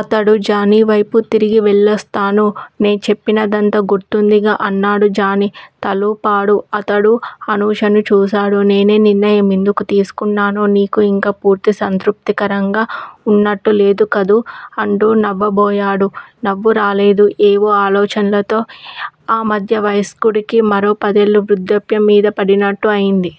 అతడు జానీ వైపు తిరిగి వెళ్ళొస్తాను. నే చెప్పినదంతా గుర్తుందిగా? అన్నాడు. జానీ తలూపాడు. అతడు అనూషని చూసాడు. నేనీ నిర్ణయం ఎందుకు తీసుకున్నానో నీకు ఇంకా పూర్తి సంతృప్తికరంగా వున్నట్టు లేదు కదూ అంటూ నవ్వబోయాడు. నవ్వు రాలేదు. ఏవో ఆలోచన్లతో ఆ మధ్య వయస్కుడికి మరో పదేళ్ళ వృద్ధాప్యం మీద పడినట్టు అయింది.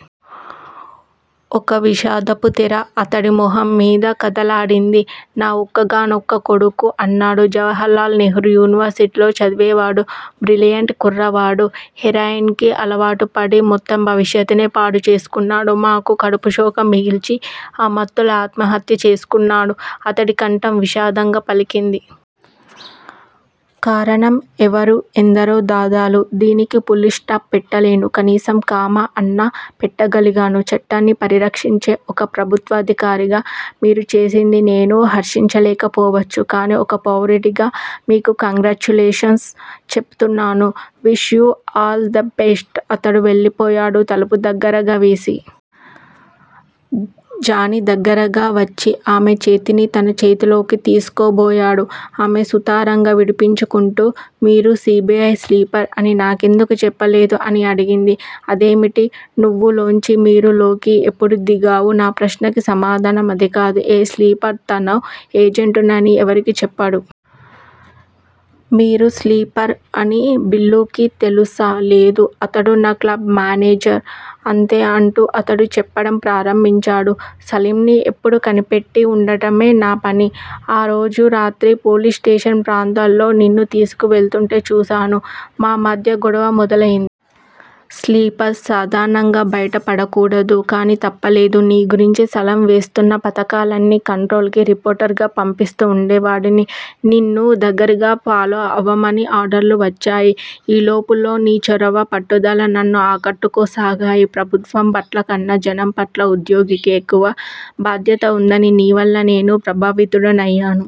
ఒక విషాదపు తెర అతడి మొహం మీద కదలాడింది. నా ఒక్కగానొక్కకొడుకు అన్నాడు. జవహర్ లాల్ నెహ్రూ యూనివర్శిటీలో చదివేవాడు. బ్రిలియెంట్ కుర్రవాడు. హెరాయిన్ కి అలవాటుపడి మొత్తం భవిష్యత్తునే పాడుచేసుకున్నాడు. మాకు కడుపు శోకం మిగిల్చి ఆ మత్తులో ఆత్మహత్య చేసుకున్నాడు. అతడి కంఠం విషాదంగా పలికింది. కారణం ఎవరు? ఎందరో దాదాలు!! దీనికి పుల్ స్టాప్ పెట్టలేను. కనీసం 'కామా' అన్నా పెట్టగలిగాను!!!! చట్టాన్ని పరిరక్షించే ఒక ప్రభుత్వాధికారిగా మీరు చేసింది నేను హర్షించలేకపోవచ్చు. కానీ ఒక పౌరుడిగా మీకు కంగ్రాచ్యులేషన్స్ చెపుతున్నాను. Wish you all the best. అతడు వెళ్ళిపోయాడు తలుపు దగ్గిరగావేసి. జానీ దగ్గరగా వచ్చి ఆమె చేతిని తన చేతిలోకి తీసుకోబోయాడు. ఆమె సుతారంగా విడిపించుకుంటూ మీరు సి. బి. ఐ. స్లీపర్ అని నాకెందుకు చెప్పలేదు? అని అడిగింది. అదేమిటి? 'నువ్వు' లోంచి 'మీరు' లోకి ఎప్పుడు దిగావు? నా ప్రశ్నకి సమాధానం అదికాదు. ఏ స్లీపరు తనో ఏజెంటునని ఎవరికీ చెప్పడు. మీరు స్లీపర్ అని బిల్లూకి తెలుసా? లేదు. అతడు నా క్లబ్ మానేజర్. అంతే అంటూ అతడు చెప్పడం ప్రారంభించాడు. సలీంని ఎప్పుడూ కనిపెట్టి వుండటమే నాపని. ఆ రోజు రాత్రి పోలీస్ స్టేషన్ ప్రాంతాల్లో నిన్ను తీసుకు వెళ్తూంటే చూసాను. మా మధ్య గొడవ మొదలైం. స్లీపర్స్ సాధారణంగా బయట పడకూడదు. కానీ తప్పలేదు. నీ గురించి సలాం వేస్తున్న పథకాలన్నీ 'కంట్రోల్' కి రిపోర్ట్ ర్గా పంపిస్తూ వుండేవాడిని. నిన్ను దగ్గిరగా ఫాలో అవమని ఆర్డర్లు వచ్చాయి. ఈలోపులో నీ చొరవా పట్టుదలా నన్ను ఆకట్టుకొసాగాయి. ప్రభుత్వం పట్లకన్నా జనంపట్ల ఉద్యోగికి ఎక్కువ బాధ్యత వుందని నీవల్ల నేను ప్రభావితుడినయ్యాను.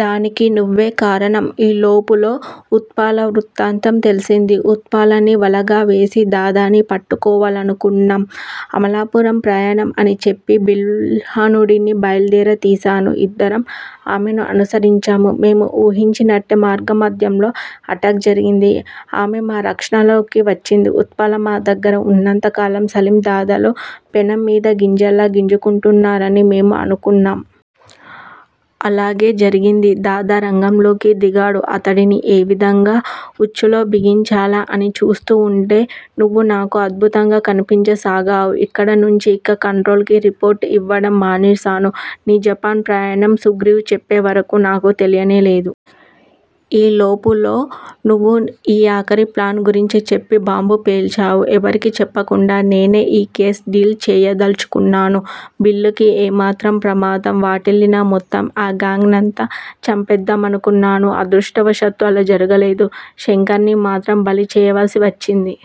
దానికి నువ్వే కారణం! ఈ లోపులో ఉత్పల వృత్తాంతం తెలిసింది. ఉత్పలని వలగా వేసి దాదాని పట్టుకోవాలనుకున్నాం. అమలాపురం ప్రయాణం అని చెప్పి బిల్హణుడిని బయల్దేర తీసాను. ఇద్దరం ఆమెని అనుసరించాం. మేము ఊహించినట్టే మార్గమాధ్యంలో అటాక్ జరిగింది. ఆమె మా రక్షణలోకి వచ్చింది. ఉత్పల మా దగ్గర వున్నంత కాలం సలీం, దాదాలు పెనం మీద గింజల్లా గింజుకుంటారని మేము అనుకున్నాం. అలాగే జరిగింది. దాదా రంగంలోకి దిగాడు. అతడిని ఏ విధంగా ఉచ్చులో బిగించాలా అని చూస్తూ వుంటే నువ్వు నాకో అద్భుతంగా కనిపించసాగావు. ఇక్కడనుంచీ ఇక 'కంట్రోల్' కి రిపోర్ట్ ఇవ్వడం మానేసాను. నీ జపాను ప్రయాణం సుగ్రీవ్ చెప్పే వరకు నాకు తెలియనే లేదు. ఈ లోపులో నువ్వు ఈ ఆఖరి ప్లాన్ గురించి చెప్పి బాంబు పేల్చావు. ఎవరికీ చెప్పకుండా నేనే ఈ కేసు డీల్ చేయదల్చుకున్నాను. బిల్లూకి ఏమాత్రం ప్రమాదం వాటిల్లినా మొత్తం ఆ గాంగ్ నంతా చంపెద్దామనుకున్నాను. అదృష్టవశాత్తు అలా జరగలేదు. శంకర్ ని మాత్రం బలిచేయవలసి వచ్చింది.